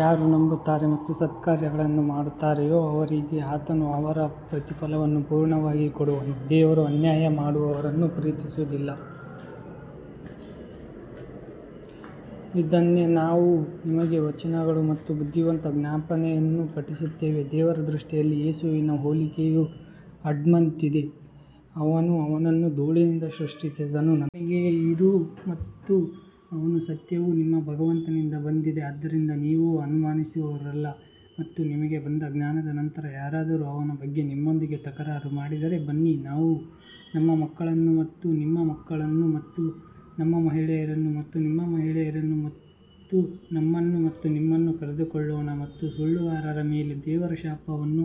ಯಾರು ನಂಬುತ್ತಾರೆ ಮತ್ತು ಸತ್ಕಾರ್ಯಗಳನ್ನು ಮಾಡುತ್ತಾರೆಯೋ ಅವರಿಗೆ ಆತನು ಅವರ ಪ್ರತಿಫಲವನ್ನು ಪೂರ್ಣವಾಗಿ ಕೊಡುವನು ದೇವರು ಅನ್ಯಾಯ ಮಾಡುವವರನ್ನು ಪ್ರೀತಿಸುವುದಿಲ್ಲ ಇದನ್ನೇ ನಾವು ನಿಮಗೆ ವಚನಗಳು ಮತ್ತು ಬುದ್ಧಿವಂತ ಜ್ಞಾಪನೆಯನ್ನು ಪಠಿಸುತ್ತೇವೆ ದೇವರ ದೃಷ್ಟಿಯಲ್ಲಿ ಯೇಸುವಿನ ಹೋಲಿಕೆಯು ಆಡಮ್ನಂತಿದೆ, ಅವನು ಅವನನ್ನು ಧೂಳಿನಿಂದ ಸೃಷ್ಟಿಸಿದನು ನಂತರ ಅವನಿಗೆ ಇರು ಮತ್ತು ಅವನು ಸತ್ಯವು ನಿಮ್ಮ ಭಗವಂತನಿಂದ ಬಂದಿದೆ ಆದ್ದರಿಂದ ನೀವು ಅನುಮಾನಿಸುವವರಲ್ಲ ಮತ್ತು ನಿಮಗೆ ಬಂದ ಜ್ಞಾನದ ನಂತರ ಯಾರಾದರೂ ಅವನ ಬಗ್ಗೆ ನಿಮ್ಮೊಂದಿಗೆ ತಕರಾರು ಮಾಡಿದರೆ, ಬನ್ನಿ ನಾವು ನಮ್ಮ ಮಕ್ಕಳನ್ನು ಮತ್ತು ನಿಮ್ಮ ಮಕ್ಕಳನ್ನು ಮತ್ತು ನಮ್ಮ ಮಹಿಳೆಯರನ್ನು ಮತ್ತು ನಿಮ್ಮ ಮಹಿಳೆಯರನ್ನು ಮತ್ತು ನಮ್ಮನ್ನು ಮತ್ತು ನಿಮ್ಮನ್ನು ಕರೆದುಕೊಳ್ಳೋಣ ಮತ್ತು ಸುಳ್ಳುಗಾರರ ಮೇಲೆ ದೇವರ ಶಾಪವನ್ನು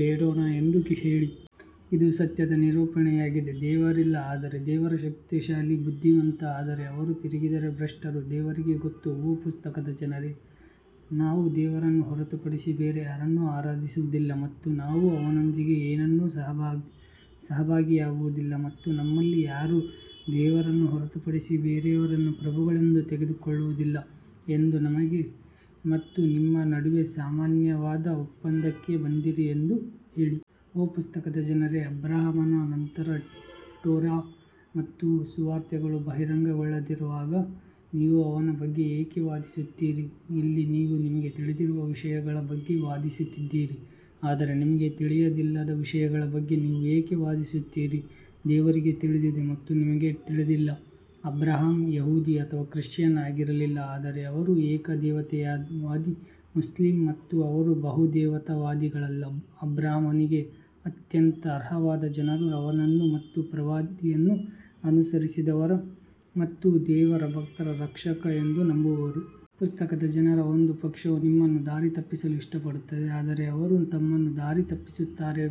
ಬೇಡೋಣ ಎಂದು ಹೇಳಿ. ಇದು ಸತ್ಯದ ನಿರೂಪಣೆಯಾಗಿದೆ ದೇವರಿಲ್ಲ ಆದರೆ ದೇವರು ಶಕ್ತಿಶಾಲಿ ಬುದ್ಧಿವಂತ ಆದರೆ ಅವರು ತಿರುಗಿದರೆ ಭ್ರಷ್ಟರು ದೇವರಿಗೆ ಗೊತ್ತು ಓ ಪುಸ್ತಕದ ಜನರೇ, ನಾವು ದೇವರನ್ನು ಹೊರತುಪಡಿಸಿ ಬೇರೆ ಯಾರನ್ನೂ ಆರಾಧಿಸುವುದಿಲ್ಲ ಮತ್ತು ನಾವು ಅವನೊಂದಿಗೆ ಏನನ್ನೂ ಸಹಭಾಗಿಯಾಗುವುದಿಲ್ಲ ಮತ್ತು ನಮ್ಮಲ್ಲಿ ಯಾರೂ ದೇವರನ್ನು ಹೊರತುಪಡಿಸಿ ಬೇರೆಯವರನ್ನು ಪ್ರಭುಗಳೆಂದು ತೆಗೆದುಕೊಳ್ಳುವುದಿಲ್ಲ ಎಂದು ನಮಗೆ ಮತ್ತು ನಿಮ್ಮ ನಡುವೆ ಸಾಮಾನ್ಯವಾದ ಒಪ್ಪಂದಕ್ಕೆ ಬಂದಿರಿ ಎಂದು ಹೇಳಿ. ಓ ಪುಸ್ತಕದ ಜನರೇ, ಅಬ್ರಹಾಮನ ನಂತರ ಟೋರಾ ಮತ್ತು ಸುವಾರ್ತೆಗಳು ಬಹಿರಂಗಗೊಳ್ಳದಿರುವಾಗ ನೀವು ಅವನ ಬಗ್ಗೆ ಏಕೆ ವಾದಿಸುತ್ತೀರಿ? ಇಲ್ಲಿ ನೀವು ನಿಮಗೆ ತಿಳಿದಿರುವ ವಿಷಯಗಳ ಬಗ್ಗೆ ವಾದಿಸುತ್ತಿದ್ದೀರಿ ಆದರೆ ನಿಮಗೆ ತಿಳಿದಿಲ್ಲದ ವಿಷಯಗಳ ಬಗ್ಗೆ ನೀವು ಏಕೆ ವಾದಿಸುತ್ತೀರಿ ದೇವರಿಗೆ ತಿಳಿದಿದೆ ಮತ್ತು ನಿಮಗೆ ತಿಳಿದಿಲ್ಲ ಅಬ್ರಹಾಂ ಯಹೂದಿ ಅಥವಾ ಕ್ರಿಶ್ಚಿಯನ್ ಆಗಿರಲಿಲ್ಲ ಆದರೆ ಅವರು ಏಕದೇವತಾವಾದಿ ಮುಸ್ಲಿಂ ಮತ್ತು ಅವರು ಬಹುದೇವತಾವಾದಿಗಳಲ್ಲ ಅಬ್ರಹಾಮನಿಗೆ ಅತ್ಯಂತ ಅರ್ಹವಾದ ಜನರು ಅವನನ್ನು ಮತ್ತು ಈ ಪ್ರವಾದಿಯನ್ನು ಅನುಸರಿಸಿದವರು ಮತ್ತು ದೇವರು ಭಕ್ತರ ರಕ್ಷಕ ಎಂದು ನಂಬುವವರು. ಪುಸ್ತಕದ ಜನರ ಒಂದು ಪಕ್ಷವು ನಿಮ್ಮನ್ನು ದಾರಿತಪ್ಪಿಸಲು ಇಷ್ಟಪಡುತ್ತದೆ ಆದರೆ ಅವರು ತಮ್ಮನ್ನು ದಾರಿ ತಪ್ಪಿಸುತ್ತಾರೆ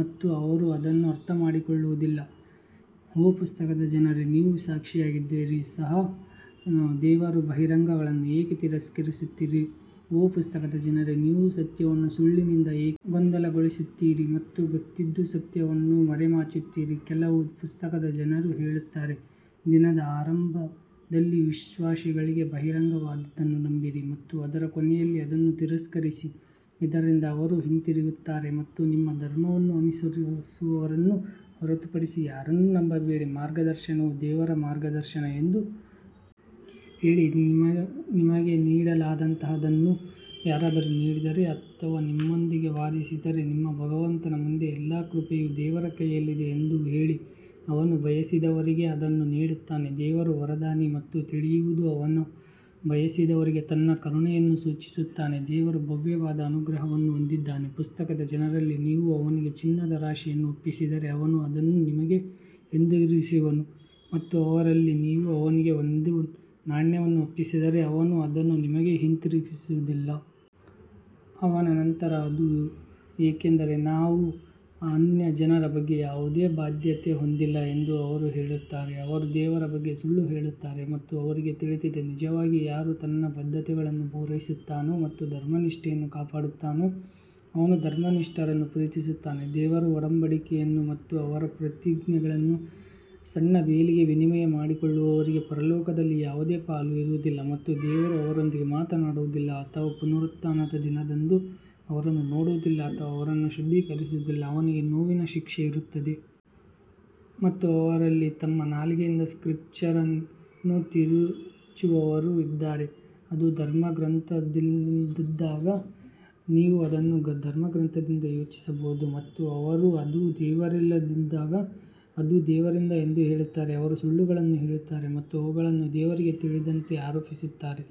ಮತ್ತು ಅವರು ಅದನ್ನು ಅರ್ಥಮಾಡಿಕೊಳ್ಳುವುದಿಲ್ಲ ಓ ಪುಸ್ತಕದ ಜನರೇ, ನೀವು ಸಾಕ್ಷಿಯಾಗಿದ್ದರೂ ಸಹ ದೇವರ ಬಹಿರಂಗಗಳನ್ನು ಏಕೆ ತಿರಸ್ಕರಿಸುತ್ತೀರಿ ಓ ಪುಸ್ತಕದ ಜನರೇ, ನೀವು ಸತ್ಯವನ್ನು ಸುಳ್ಳಿನಿಂದ ಏಕೆ ಗೊಂದಲಗೊಳಿಸುತ್ತೀರಿ ಮತ್ತು ಗೊತ್ತಿದ್ದೂ ಸತ್ಯವನ್ನು ಮರೆಮಾಚುತ್ತೀರಿ ಕೆಲವು ಪುಸ್ತಕದ ಜನರು ಹೇಳುತ್ತಾರೆ, ದಿನದ ಆರಂಭದಲ್ಲಿ ವಿಶ್ವಾಸಿಗಳಿಗೆ ಬಹಿರಂಗವಾದದ್ದನ್ನು ನಂಬಿರಿ ಮತ್ತು ಅದರ ಕೊನೆಯಲ್ಲಿ ಅದನ್ನು ತಿರಸ್ಕರಿಸಿ ಇದರಿಂದ ಅವರು ಹಿಂತಿರುಗುತ್ತಾರೆ ಮತ್ತು ನಿಮ್ಮ ಧರ್ಮವನ್ನು ಅನುಸರಿಸುವವರನ್ನು ಹೊರತುಪಡಿಸಿ ಯಾರನ್ನೂ ನಂಬಬೇಡಿ, ಮಾರ್ಗದರ್ಶನವು ದೇವರ ಮಾರ್ಗದರ್ಶನ ಎಂದು ಹೇಳಿ, ನಿಮಗೆ ನೀಡಲಾದಂತಹದನ್ನು ಯಾರಾದರೂ ನೀಡಿದರೆ ಅಥವಾ ಅವರು ನಿಮ್ಮೊಂದಿಗೆ ವಾದಿಸಿದರೆ ನಿಮ್ಮ ಭಗವಂತನ ಮುಂದೆ ಎಲ್ಲಾ ಕೃಪೆಯು ದೇವರ ಕೈಯಲ್ಲಿದೆ ಎಂದು ಹೇಳಿ ಅವನು ಬಯಸಿದವರಿಗೆ ಅದನ್ನು ನೀಡುತ್ತಾನೆ ದೇವರು ವರದಾನಿ ಮತ್ತು ತಿಳಿಯುವುದು ಅವನು ಬಯಸಿದವರಿಗೆ ತನ್ನ ಕರುಣೆಯನ್ನು ಸೂಚಿಸುತ್ತಾನೆ ದೇವರು ಭವ್ಯವಾದ ಅನುಗ್ರಹವನ್ನು ಹೊಂದಿದ್ದಾನೆ ಪುಸ್ತಕದ ಜನರಲ್ಲಿ ನೀವು ಅವನಿಗೆ ಚಿನ್ನದ ರಾಶಿಯನ್ನು ಒಪ್ಪಿಸಿದರೆ ಅವನು ಅದನ್ನು ನಿಮಗೆ ಹಿಂದಿರುಗಿಸುವನು ಮತ್ತು ಅವರಲ್ಲಿ ನೀವು ಅವನಿಗೆ ಒಂದೇ ನಾಣ್ಯವನ್ನು ಒಪ್ಪಿಸಿದರೆ ಅವನು ಅದನ್ನು ನಿಮಗೆ ಹಿಂತಿರುಗಿಸುವುದಿಲ್ಲ. ಅವನ ನಂತರ ಅದು ಏಕೆಂದರೆ ನಾವು ಅನ್ಯಜನರ ಬಗ್ಗೆ ಯಾವುದೇ ಬಾಧ್ಯತೆ ಹೊಂದಿಲ್ಲ ಎಂದು ಅವರು ಹೇಳುತ್ತಾರೆ ಅವರು ದೇವರ ಬಗ್ಗೆ ಸುಳ್ಳು ಹೇಳುತ್ತಾರೆ ಮತ್ತು ಅವರಿಗೆ ತಿಳಿದಿದೆ ನಿಜವಾಗಿ ಯಾರು ತನ್ನ ಬದ್ಧತೆಗಳನ್ನು ಪೂರೈಸುತ್ತಾನೋ ಮತ್ತು ಧರ್ಮನಿಷ್ಠೆಯನ್ನು ಕಾಪಾಡುತ್ತಾನೋ ಅವನು ಧರ್ಮನಿಷ್ಠರನ್ನು ಪ್ರೀತಿಸುತ್ತಾನೆ ದೇವರ ಒಡಂಬಡಿಕೆಯನ್ನು ಮತ್ತು ಅವರ ಪ್ರತಿಜ್ಞೆಗಳನ್ನು ಸಣ್ಣ ಬೆಲೆಗೆ ವಿನಿಮಯ ಮಾಡಿಕೊಳ್ಳುವವರಿಗೆ ಪರಲೋಕದಲ್ಲಿ ಯಾವುದೇ ಪಾಲು ಇರುವುದಿಲ್ಲ ಮತ್ತು ದೇವರು ಅವರೊಂದಿಗೆ ಮಾತನಾಡುವುದಿಲ್ಲ ಅಥವಾ ಪುನರುತ್ಥಾನದ ದಿನದಂದು ಅವರನ್ನು ನೋಡುವುದಿಲ್ಲ ಅಥವಾ ಅವರನ್ನು ಶುದ್ಧೀಕರಿಸುವುದಿಲ್ಲ, ಅವರಿಗೆ ನೋವಿನ ಶಿಕ್ಷೆ ಇರುತ್ತದೆ. ಮತ್ತು ಅವರಲ್ಲಿ ತಮ್ಮ ನಾಲಿಗೆಯಿಂದ ಸ್ಕ್ರಿಪ್ಚರ್ ಅನ್ನು ತಿರುಚುವವರೂ ಇದ್ದಾರೆ, ಅದು ಧರ್ಮಗ್ರಂಥದಿಂದಲ್ಲದಿದ್ದಾಗ ನೀವು ಅದನ್ನು ಧರ್ಮಗ್ರಂಥದಿಂದ ಯೋಚಿಸಬಹುದು ಮತ್ತು ಅವರು ಅದು ದೇವರಿಂದಲ್ಲದಿದ್ದಾಗ ಅದು ದೇವರಿಂದ ಎಂದು ಹೇಳುತ್ತಾರೆ ಅವರು ಸುಳ್ಳುಗಳನ್ನು ಹೇಳುತ್ತಾರೆ ಮತ್ತು ಅವುಗಳನ್ನು ದೇವರಿಗೆ ತಿಳಿದಂತೆ ಆರೋಪಿಸುತ್ತಾರೆ.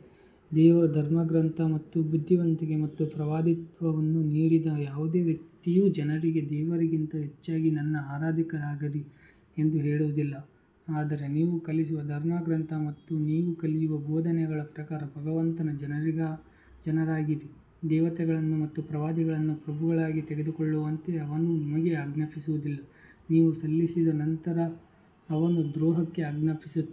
ದೇವರು ಧರ್ಮಗ್ರಂಥ ಮತ್ತು ಬುದ್ಧಿವಂತಿಕೆ ಮತ್ತು ಪ್ರವಾದಿತ್ವವನ್ನು ನೀಡಿದ ಯಾವುದೇ ವ್ಯಕ್ತಿಯು ಜನರಿಗೆ ದೇವರಿಗಿಂತ ಹೆಚ್ಚಾಗಿ ನನ್ನ ಆರಾಧಕರಾಗಿರಿ ಎಂದು ಹೇಳುವುದಿಲ್ಲ ಆದರೆ ನೀವು ಕಲಿಸುವ ಧರ್ಮಗ್ರಂಥ ಮತ್ತು ನೀವು ಕಲಿಯುವ ಬೋಧನೆಗಳ ಪ್ರಕಾರ ಭಗವಂತನ ಜನರಾಗಿರಿ ದೇವತೆಗಳನ್ನು ಮತ್ತು ಪ್ರವಾದಿಗಳನ್ನು ಪ್ರಭುಗಳಾಗಿ ತೆಗೆದುಕೊಳ್ಳುವಂತೆ ಅವನು ನಿಮಗೆ ಆಜ್ಞಾಪಿಸುವುದಿಲ್ಲ, ನೀವು ಸಲ್ಲಿಸಿದ ನಂತರ ಅವನು ದ್ರೋಹಕ್ಕೆ ಆಜ್ಞಾಪಿಸುತ್ತಾನೆ.